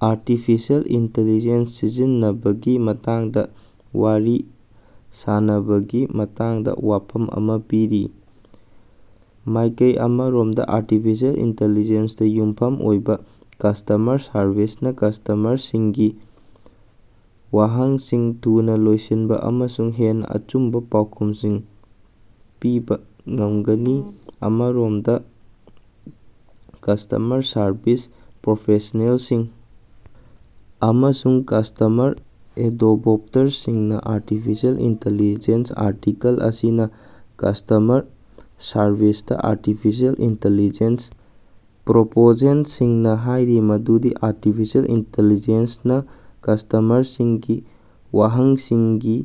Artificial intelligence ꯁꯤꯖꯤꯟꯅꯕꯒꯤ ꯃꯇꯥꯡꯗ ꯋꯥꯔꯤ ꯁꯥꯅꯕꯒꯤ ꯃꯇꯥꯡꯗ ꯋꯥꯐꯝ ꯑꯃ ꯄꯤꯔꯤ꯫ ꯃꯥꯏꯀꯩ ꯑꯃꯔꯣꯝꯗ, ꯑꯥꯔꯇꯤꯐꯤꯁꯤꯑꯦꯜ ꯏꯟꯇꯤꯂꯤꯖꯦꯟꯁ ꯇꯥ ꯌꯨꯝꯐꯝ ꯑꯣꯏꯕ ꯀꯁ꯭ꯇꯃꯔ ꯁꯔꯕꯤꯁꯅꯥ ꯀꯁ꯭ꯇꯃꯔꯁꯤꯡꯒꯤ ꯋꯥꯍꯪꯁꯤꯡ ꯊꯨꯅ ꯂꯣꯏꯁꯤꯟꯕ ꯑꯃꯁꯨꯡ ꯍꯦꯟꯅ ꯑꯆꯨꯝꯕ ꯄꯥꯎꯈꯨꯝꯁꯤꯡ ꯄꯤꯕ ꯉꯝꯒꯅꯤ꯫ ꯑꯃꯔꯣꯝꯗ, ꯀꯁ꯭ꯇꯃꯔ ꯁꯔꯕꯤꯁ ꯄ꯭ꯔꯣꯐꯦꯁ꯭ꯅꯦꯜꯁꯤꯡ ꯑꯃꯁꯨꯡ ꯀꯁ꯭ꯇꯃꯔ ꯑꯦꯗꯣꯕꯣꯛꯇꯔꯁꯤꯡꯅ ꯑꯥꯔꯇꯤꯐꯤꯁꯤꯑꯦꯜ ꯏꯟꯇꯤꯂꯤꯖꯦꯟꯁ ꯑꯥꯔꯇꯤꯀꯜ ꯑꯁꯤꯅ ꯀꯁ꯭ꯇꯃꯔ ꯁꯔꯕꯤꯁꯇ ꯑꯥꯔꯇꯤꯐꯤꯁꯤꯑꯦꯜ ꯏꯟꯇꯤꯂꯤꯖꯦꯟꯁ ꯄ꯭ꯔꯣꯄꯣꯖꯦꯟꯇꯁꯤꯡꯅ ꯍꯥꯏꯔꯤ ꯃꯗꯨꯗꯤ ꯑꯥꯔꯇꯤꯐꯤꯁꯤꯑꯦꯜ ꯏꯟꯇꯤꯂꯤꯖꯦꯟꯁ ꯅꯥ ꯀꯁ꯭ꯇꯃꯔꯁꯤꯡꯒꯤ ꯋꯥꯍꯪꯁꯤꯡꯒꯤ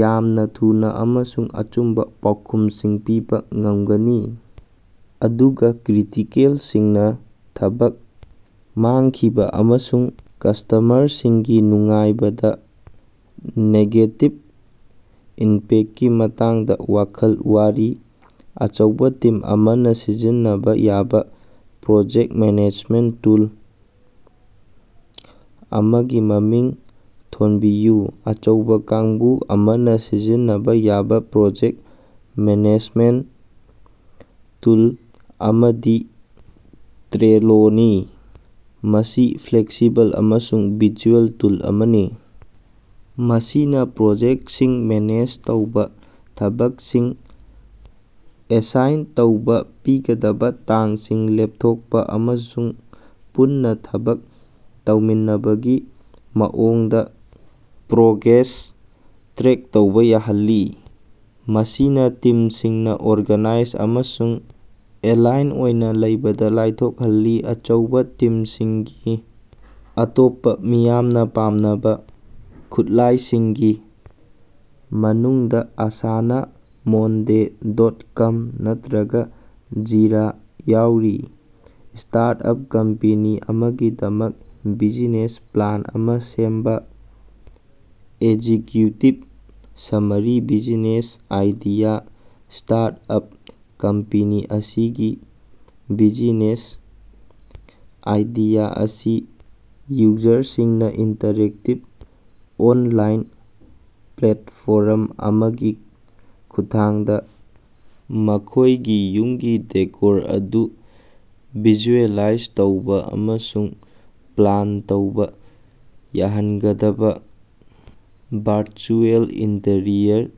ꯌꯥꯝꯅ ꯊꯨꯅ ꯑꯃꯁꯨꯡ ꯑꯆꯨꯝꯕ ꯄꯥꯎꯈꯨꯝꯁꯤꯡ ꯄꯤꯕ ꯉꯝꯒꯅꯤ, ꯑꯗꯨꯒ ꯀ꯭ꯔꯤꯇꯤꯀꯦꯜꯁꯤꯡꯅ ꯊꯕꯛ ꯃꯥꯡꯈꯤꯕ ꯑꯃꯁꯨꯡ ꯀꯁ꯭ꯇꯃꯔꯁꯤꯡꯒꯤ ꯅꯨꯡꯉꯥꯏꯕꯗ ꯅꯦꯒꯦꯇꯤꯕ ꯏꯝꯄꯦꯛꯇꯀꯤ ꯃꯇꯥꯡꯗ ꯋꯥꯈꯜ ꯋꯥꯔꯤ꯫ ꯑꯆꯧꯕ ꯇꯤꯝ ꯑꯃꯅ ꯁꯤꯖꯤꯟꯅꯕ ꯌꯥꯕ ꯄ꯭ꯔꯣꯖꯦꯛꯇ ꯃꯦꯅꯦꯖꯃꯦꯟꯇ ꯇꯨꯜ ꯑꯃꯒꯤ ꯃꯃꯤꯡ ꯊꯣꯟꯕꯤꯌꯨ꯫ ꯑꯆꯧꯕ ꯀꯥꯡꯕꯨ ꯑꯃꯅ ꯁꯤꯖꯤꯟꯅꯕ ꯌꯥꯕ ꯄ꯭ꯔꯣꯖꯦꯛꯇ ꯃꯦꯅꯦꯖꯃꯦꯟꯇ ꯇꯨꯜ ꯑꯃꯗꯤ ꯇ꯭ꯔꯦꯂꯣ ꯅꯤ꯫ ꯃꯁꯤ ꯐ꯭ꯂꯦꯛꯁꯤꯕꯜ ꯑꯃꯁꯨꯡ ꯚꯤꯖꯨꯑꯦꯜ ꯇꯨꯜ ꯑꯃꯅꯤ ꯃꯁꯤꯅ ꯄ꯭ꯔꯣꯖꯦꯛꯇꯁꯤꯡ ꯃꯦꯅꯦꯖ ꯇꯧꯕ, ꯊꯕꯛꯁꯤꯡ ꯑꯦꯁꯥꯏꯟ ꯇꯧꯕ, ꯄꯤꯒꯗꯕ ꯇꯥꯡꯁꯤꯡ ꯂꯦꯞꯊꯣꯛꯄ ꯑꯃꯁꯨꯡ ꯄꯨꯟꯅ ꯊꯕꯛ ꯇꯧꯃꯤꯟꯅꯕꯒꯤ ꯃꯑꯣꯡꯗ ꯄ꯭ꯔꯣꯒ꯭ꯔꯦꯁ ꯇ꯭ꯔꯦꯛ ꯇꯧꯕ ꯌꯥꯍꯜꯂꯤ, ꯃꯁꯤꯅ ꯇꯤꯝꯁꯤꯡꯅ ꯑꯣꯔꯒꯥꯅꯥꯏꯖ ꯑꯃꯁꯨꯡ ꯑꯦꯂꯥꯏꯟ ꯑꯣꯏꯅ ꯂꯩꯕꯗ ꯂꯥꯏꯊꯣꯛꯍꯜꯂꯤ꯫ ꯑꯆꯧꯕ ꯇꯤꯝꯁꯤꯡꯒꯤ ꯑꯇꯣꯞꯄ ꯃꯤꯌꯥꯝꯅ ꯄꯥꯝꯅꯕ ꯈꯨꯠꯂꯥꯏꯁꯤꯡꯒꯤ ꯃꯅꯨꯡꯗ ꯑꯥꯁꯥꯅꯥ, ꯃꯣꯟꯗꯦ ꯗꯣꯠ ꯀꯝ ꯅꯠꯇꯔꯒ ꯖꯤꯔꯥ ꯌꯥꯎꯔꯤ꯫ ꯁ꯭ꯇꯥꯔꯠ-ꯑꯞ ꯀꯝꯄꯦꯅꯤ ꯑꯃꯒꯤꯗꯃꯛ ꯕꯤꯖꯤꯅꯦꯁ ꯄ꯭ꯂꯥꯟ ꯑꯃ ꯁꯦꯝꯕ꯫ Executive summary - business idea - startup company ꯑꯁꯤꯒꯤ ꯕꯤꯖꯤꯅꯦꯁ ꯑꯥꯏꯗꯤꯌꯥ ꯑꯁꯤ ꯌꯨꯖꯔꯁꯤꯡꯅ ꯏꯟꯇꯔꯦꯛꯇꯤꯕ ꯑꯣꯟꯂꯥꯏꯟ ꯄ꯭ꯂꯦꯠꯐꯣꯔꯝ ꯑꯃꯒꯤ ꯈꯨꯠꯊꯥꯡꯗ ꯃꯈꯣꯏꯒꯤ ꯌꯨꯝꯒꯤ ꯗꯦꯀꯣꯔ ꯑꯗꯨ ꯚꯤꯖꯨꯑꯦꯂꯥꯏꯖ ꯇꯧꯕ ꯑꯃꯁꯨꯡ ꯄ꯭ꯂꯥꯟ ꯇꯧꯕ ꯌꯥꯍꯟꯒꯗꯕ ꯚꯔꯆꯨꯑꯦꯜ ꯏꯟꯇꯤꯔꯤꯌꯔ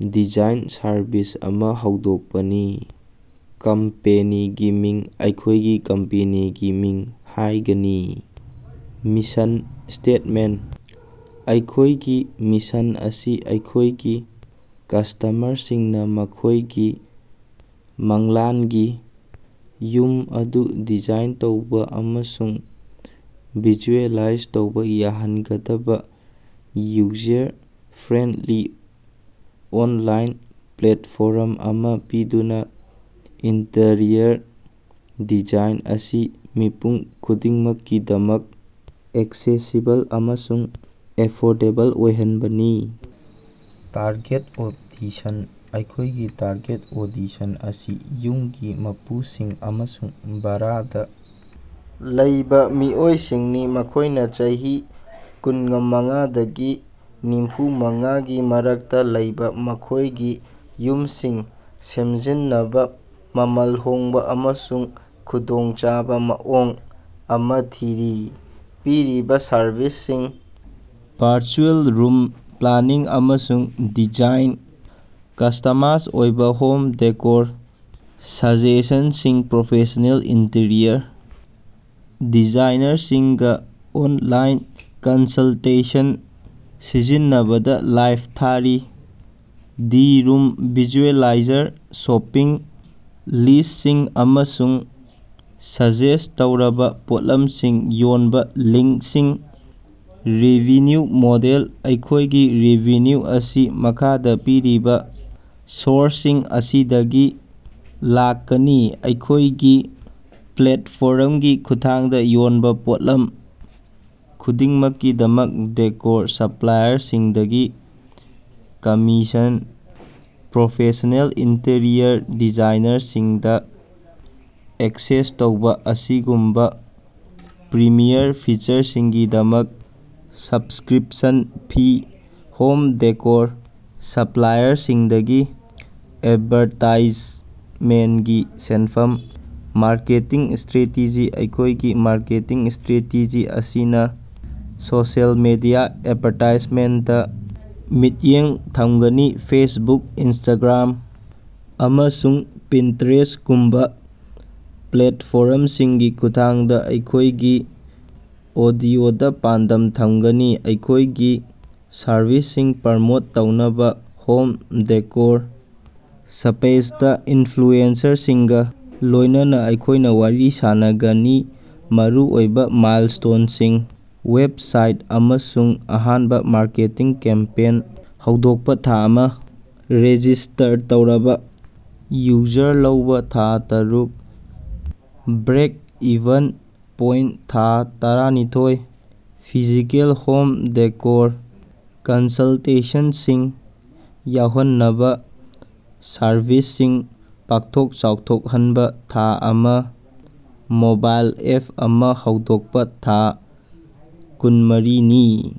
ꯗꯤꯖꯥꯏꯟ ꯁꯔꯚꯤꯁ ꯑꯃ ꯍꯧꯗꯣꯛꯄꯅꯤ꯫ ꯀꯝꯄꯦꯅꯤꯒꯤ ꯃꯃꯤꯡ - ꯑꯩꯈꯣꯏꯒꯤ ꯀꯝꯄꯦꯅꯤꯒꯤ ꯃꯃꯤꯡ ꯍꯥꯏꯒꯅꯤ꯫ ꯃꯤꯁꯟ ꯁ꯭ꯇꯦꯠꯃꯦꯟꯇ - ꯑꯩꯈꯣꯏꯒꯤ ꯃꯤꯁꯟ ꯑꯁꯤ ꯑꯩꯈꯣꯏꯒꯤ ꯀꯁ꯭ꯇꯃꯔꯁꯤꯡꯅ ꯃꯈꯣꯏꯒꯤ ꯃꯪꯂꯥꯟꯒꯤ ꯌꯨꯝ ꯑꯗꯨ ꯗꯤꯖꯥꯏꯟ ꯇꯧꯕ ꯑꯃꯁꯨꯡ ꯚꯤꯖꯨꯑꯦꯂꯥꯏꯖ ꯇꯧꯕ ꯌꯥꯍꯟꯒꯗꯕ ꯌꯨꯖꯔ-ꯐ꯭ꯔꯦꯟꯗꯂꯤ ꯑꯣꯟꯂꯥꯏꯟ ꯄ꯭ꯂꯦꯠꯐꯣꯔꯝ ꯑꯃ ꯄꯤꯗꯨꯅ, ꯏꯟꯇꯤꯔꯤꯌꯔ ꯗꯤꯖꯥꯏꯟ ꯑꯁꯤ ꯃꯤꯄꯨꯝ ꯈꯨꯗꯤꯡꯃꯛꯀꯤꯗꯃꯛ ꯑꯦꯛꯁꯦꯁꯤꯕꯜ ꯑꯃꯁꯨꯡ ꯑꯦꯐꯣꯔꯗꯦꯕꯜ ꯑꯣꯏꯍꯟꯕꯅꯤ꯫ ꯇꯥꯔꯒꯦꯠ ꯑꯣꯗꯤꯁꯟ - ꯑꯩꯈꯦꯏꯒꯤ ꯇꯥꯔꯒꯦꯠ ꯑꯣꯗꯤꯁꯟ ꯑꯁꯤ ꯌꯨꯝꯒꯤ ꯃꯄꯨꯁꯤꯡ ꯑꯃꯁꯨꯡ ꯚꯥꯔꯥꯗ ꯂꯩꯕ ꯃꯤꯑꯣꯏꯁꯤꯡꯅꯤ, ꯃꯈꯣꯏꯅ ꯆꯍꯤ ꯀꯨꯟꯃꯉꯥꯥꯗꯒꯤ ꯅꯤꯐꯨꯃꯉꯥꯒꯤ ꯃꯔꯛꯇ ꯂꯩꯕ, ꯃꯈꯣꯏꯒꯤ ꯌꯨꯝꯁꯤꯡ ꯁꯦꯝꯖꯤꯟꯅꯕꯥ ꯃꯃꯜ ꯍꯣꯡꯕ ꯑꯃꯁꯨꯡ ꯈꯨꯗꯣꯡꯆꯥꯕ ꯃꯑꯣꯡ ꯑꯃ ꯊꯤꯔꯤ꯫ ꯄꯤꯔꯤꯕ ꯁꯔꯚꯤꯁꯁꯤꯡ - ꯚꯔꯆꯨꯑꯦꯜ ꯔꯨꯝ ꯄ꯭ꯂꯥꯅꯤꯡ ꯑꯃꯁꯨꯡ ꯗꯤꯖꯥꯏꯟ ꯀꯁ꯭ꯇꯃꯁ ꯑꯣꯏꯕ ꯍꯣꯝ ꯗꯦꯀꯣꯔ ꯁꯥꯖꯦꯁꯟꯁꯤꯡ ꯄ꯭ꯔꯣꯐꯦꯁ꯭ꯅꯦꯜ ꯏꯟꯇꯤꯔꯤꯌꯔ ꯗꯤꯖꯥꯏꯅꯔꯁꯤꯡꯒ ꯑꯣꯟꯂꯥꯏꯟ ꯀꯟꯁꯜꯇꯦꯁꯟ ꯁꯤꯖꯤꯟꯅꯕꯗꯥ live three D room visualiser shopping ꯂꯤꯁ꯭ꯠꯁꯤꯡ ꯑꯃꯁꯨꯡ ꯁꯖꯦꯁ꯭ꯠ ꯇꯧꯔꯕ ꯄꯣꯠꯂꯝꯁꯤꯡ ꯌꯣꯟꯕ ꯂꯤꯡ꯭ꯀꯁꯤꯡ ꯔꯦꯚꯤꯅ꯭ꯌꯨ ꯃꯣꯗꯦꯜ - ꯑꯩꯈꯣꯏꯒꯤ ꯔꯦꯚꯤꯅ꯭ꯌꯨ ꯑꯁꯤ ꯃꯈꯥꯗ ꯄꯤꯔꯤꯕ ꯁꯣꯔꯁꯁꯤꯡ ꯑꯁꯤꯗꯒꯤ ꯂꯥꯛꯀꯅꯤ꯫ ꯑꯩꯈꯣꯏꯒꯤ ꯄ꯭ꯂꯦꯠꯐꯣꯔꯝꯒꯤ ꯈꯨꯠꯊꯥꯡꯗ ꯌꯣꯟꯕ ꯄꯣꯠꯂꯝ ꯈꯨꯗꯤꯡꯃꯛꯀꯤꯗꯃꯛ ꯗꯦꯀꯣꯔ ꯁꯄ꯭ꯂꯥꯏꯌꯔꯁꯤꯡꯗꯒꯤ ꯀꯝꯃꯤꯁꯟ, ꯄ꯭ꯔꯣꯐꯦꯁ꯭ꯅꯦꯜ ꯏꯟꯇꯤꯔꯤꯌꯔ ꯗꯤꯖꯥꯏꯅꯔꯁꯤꯡꯗ ꯑꯦꯛꯁꯦꯁ ꯇꯧꯕ ꯑꯁꯤꯒꯨꯝꯕ ꯄ꯭ꯔꯤꯃꯤꯌꯝ ꯐꯤꯆꯔꯁꯤꯡꯒꯤꯗꯃꯛ ꯁꯕꯁꯀ꯭ꯔꯤꯞꯁꯟ ꯐꯤ, ꯍꯣꯝ ꯗꯦꯀꯣꯔ ꯁꯄ꯭ꯂꯥꯏꯌꯔꯁꯤꯡꯗꯒꯤ ꯑꯦꯗꯚꯥꯔꯇꯥꯏꯖꯃꯦꯟꯇꯀꯤ ꯁꯦꯟꯐꯝ꯫ ꯃꯥꯔꯀꯦꯇꯤꯡ ꯁ꯭ꯇꯔꯦꯇꯦꯖꯤ - ꯑꯩꯈꯣꯏꯒꯤ ꯃꯥꯔꯀꯦꯇꯤꯡ ꯁ꯭ꯇꯔꯦꯇꯦꯖꯤ ꯑꯁꯤꯅ ꯁꯣꯁꯤꯑꯦꯜ ꯃꯤꯗꯤꯌꯥ ꯑꯦꯗꯚꯥꯔꯇꯥꯏꯖꯃꯦꯟꯇꯇꯥ ꯃꯤꯠꯌꯦꯡ ꯊꯝꯒꯅꯤ, ꯐꯦꯁꯕꯨꯛ, ꯏꯟꯁꯇꯥꯒ꯭ꯔꯥꯝ, ꯑꯃꯁꯨꯡ ꯄꯤꯟꯇꯦꯁ꯭ꯇꯒꯨꯝꯕ ꯄ꯭ꯂꯦꯠꯐꯣꯔ꯭ꯝꯁꯤꯡꯒꯤ ꯈꯨꯠꯊꯥꯡꯗ ꯑꯩꯈꯣꯏꯒꯤ ꯑꯣꯗꯤꯑꯣꯗ ꯄꯥꯟꯗꯝ ꯊꯝꯒꯅꯤ꯫ ꯑꯩꯈꯣꯏꯒꯤ ꯁꯔꯕꯤꯁꯁꯤꯡ ꯄ꯭ꯔꯃꯣꯠ ꯇꯧꯅꯕ ꯍꯣꯝ ꯗꯦꯀꯣꯔ ꯁ꯭ꯄꯦꯁꯇꯥ ꯏꯟꯐ꯭ꯂꯨꯑꯦꯟꯖꯔꯁꯤꯡꯒ ꯂꯣꯏꯅꯅ ꯑꯩꯈꯣꯏꯅ ꯋꯥꯔꯤ ꯁꯥꯅꯒꯅꯤ꯫ ꯃꯔꯨꯑꯣꯏꯕ ꯃꯥꯏꯜꯁ꯭ꯇꯣꯟꯁꯤꯡ: ꯋꯦꯕꯁꯥꯏꯠ ꯑꯃꯁꯨꯡ ꯑꯍꯥꯟꯕ ꯃꯥꯔꯀꯦꯇꯤꯡ ꯀꯦꯝꯄꯦꯟ ꯍꯧꯗꯣꯛꯄ ꯊꯥ ꯑꯃ, ꯔꯦꯖꯤꯁ꯭ꯇꯔ ꯇꯧꯔꯕꯥ ꯌꯨꯖꯔ ꯂꯧꯕ ꯊꯥ ꯇꯔꯨꯛ, ꯕ꯭ꯔꯦꯛ-ꯏꯚꯟ ꯄꯣꯏꯟꯇ ꯊꯥ ꯇꯔꯥꯅꯤꯊꯣꯏ, ꯐꯤꯖꯤꯀꯦꯜ ꯍꯣꯝ ꯗꯦꯀꯣꯔ ꯀꯟꯁꯜꯇꯦꯁꯟꯁꯤꯡ ꯌꯥꯎꯍꯟꯅꯕ ꯁꯔꯚꯤꯁꯁꯤꯡ ꯄꯥꯛꯊꯣꯛ-ꯆꯥꯎꯊꯣꯛꯍꯟꯕ ꯊꯥ ꯑꯃ, ꯃꯣꯕꯥꯏꯜ ꯑꯦꯞ ꯑꯃ ꯍꯧꯗꯣꯛꯄ ꯊꯥ ꯀꯨꯟꯃꯔꯤ ꯅꯤ꯫